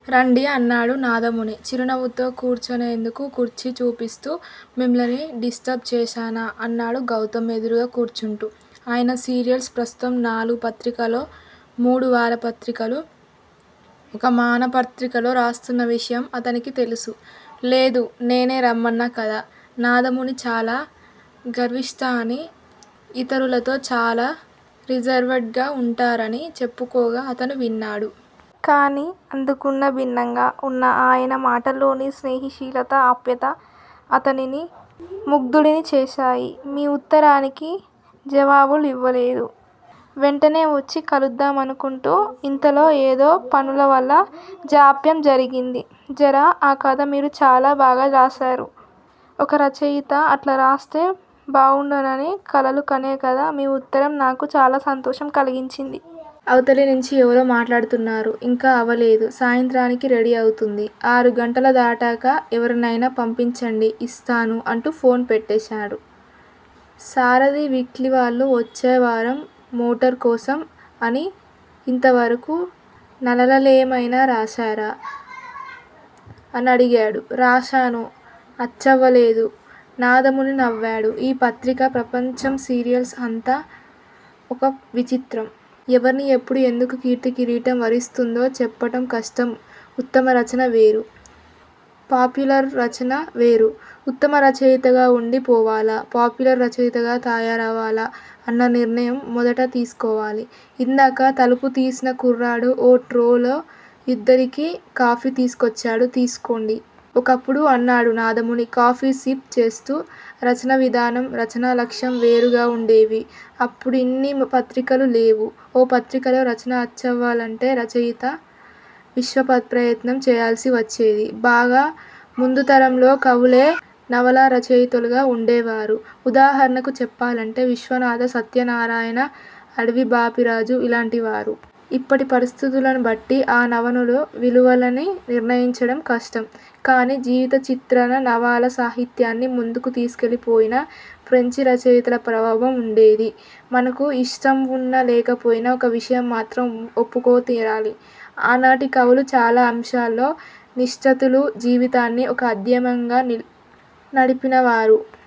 రండి అన్నాడు నాదముని చిరునవ్వుతో కూర్చునేందుకు కుర్చీచూపిస్తూ. మిమ్మల్ని డిస్టర్బ్ చేశానా? అన్నాడు గౌతమ్ ఎదురుగా కూర్చుంటూ. అయన సీరియల్స్ ప్రస్తుతం నాలుగు పత్రికల్లో, మూడువారపత్రికలు. ఒక మాసపత్రికలో రాస్తున్న విషయం అతనికి తెలుసు. లేదు. నేనే రమ్మన్నకదా. నాదముని చాలా గర్విష్టఅనీ, యితరులతో చాలా రిజర్వడ్ గా వుంటారని చెప్పుకోగా అతను విన్నాడు. కాని అందుకుభిన్నంగా ఉన్న అయన మాటల్లోని స్నేహిశీలత ఆప్యాయత అతనిని ముగ్దుడిని చేశాయి. మీ ఉత్తరానికి జావాబివ్వలేదు _ వెంటనే వొచ్చి కలుద్దామానుకుంటూ ఇంతలో ఏదో పనులవల్ల జాప్యం జరిగింది. 'జర' _ ఆ కథ మీరు చాలా బాగారాశారు. ఒక రచయితా అట్లారాస్తే బాగుండునని కలలుకనే కథ మీ ఉత్తరం నాకు చాలాసంతోషం కలిగించింది. అవతలినించి ఎవరో మాట్లాడుతున్నారు. ఇంకా అవలేదు, సాయంత్రానికి రెడీఅవుతుంది. ఆరు గంటలు దాటాక ఎవరినయినా పంపించండి యిస్తాను అంటూ ఫోన్ పెట్టెశాడు. సారధి వీక్లీ వాళ్ళు వొచ్చేవారం మేటర్ కోసం _ అని, యింతవరకూ నలలలేమైనా రాశారా? అనడిగాడు. రాశాను అచ్చవలేదు? నాదముని నవ్వాడు. ఈ పత్రికా ప్రపంచం సీరియల్స్ అంతా ఒక విచిత్రం. ఎవరిని ఎప్పుడు ఎందుకు కీర్తీ కిరీటం వరిస్తుందో చెప్పటంకష్టం ఉత్తమ రచన వేరు. పాప్యులర్ రచన వేరు. ఉత్తమ రచయితగా వుండి పోవాలా? పాప్యులర్ రచయితగా తయారవాలా_ అన్న నిర్ణయం మొదట తీసుకోవాలి. ఇందాక తలుపుతీసిన కుర్రాడు ఓ ట్రేలో యిద్దరికీ కాఫీ తీసుకొచ్చాడు. తీసుకొండి. ఒకప్పుడు అన్నాడు నాదముని కాఫీ సిఫ్ చేస్తూ _ రచనా విధానం, రచనా లక్ష్యం వేరుగావుండేవి. అప్పుడిన్ని పత్రికలూ లేవు. ఓ పత్రికలో రచన అచ్చవ్వలంటే రచయితా విశ్వప్రయత్నం చేయాల్సివచ్చేది. బాగా ముందుతరంలో కవులే నవలా రచయితలుగా వుండేవారు. ఉదాహరణకు చెప్పాలంటే విశ్వనాథ సత్యనారాయణ, అడవి బాపిరాజు _ ఇలాంటి వారు. ఇప్పటి పరిస్థతులనుబట్టి ఆ నవలలు విలువలని నిర్ణయించడం కష్టం. కానీ జీవిత చిత్రణ నవలా సాహిత్యాన్ని ముందుకు తీసుకెళ్ళిపోయిన ఫ్రెంచి రచయితల ప్రభావం వుండేది. మనకు యిష్టంవున్నా, లేకపోయినా ఒక విషయం మాత్రం ఒప్పుకోకునితీరాలి. ఆనాటి కవులు చాలా అంశాల్లో నిష్టాతులు, జీవితాన్ని ఒక అధ్యయంగా నడిపినవారు.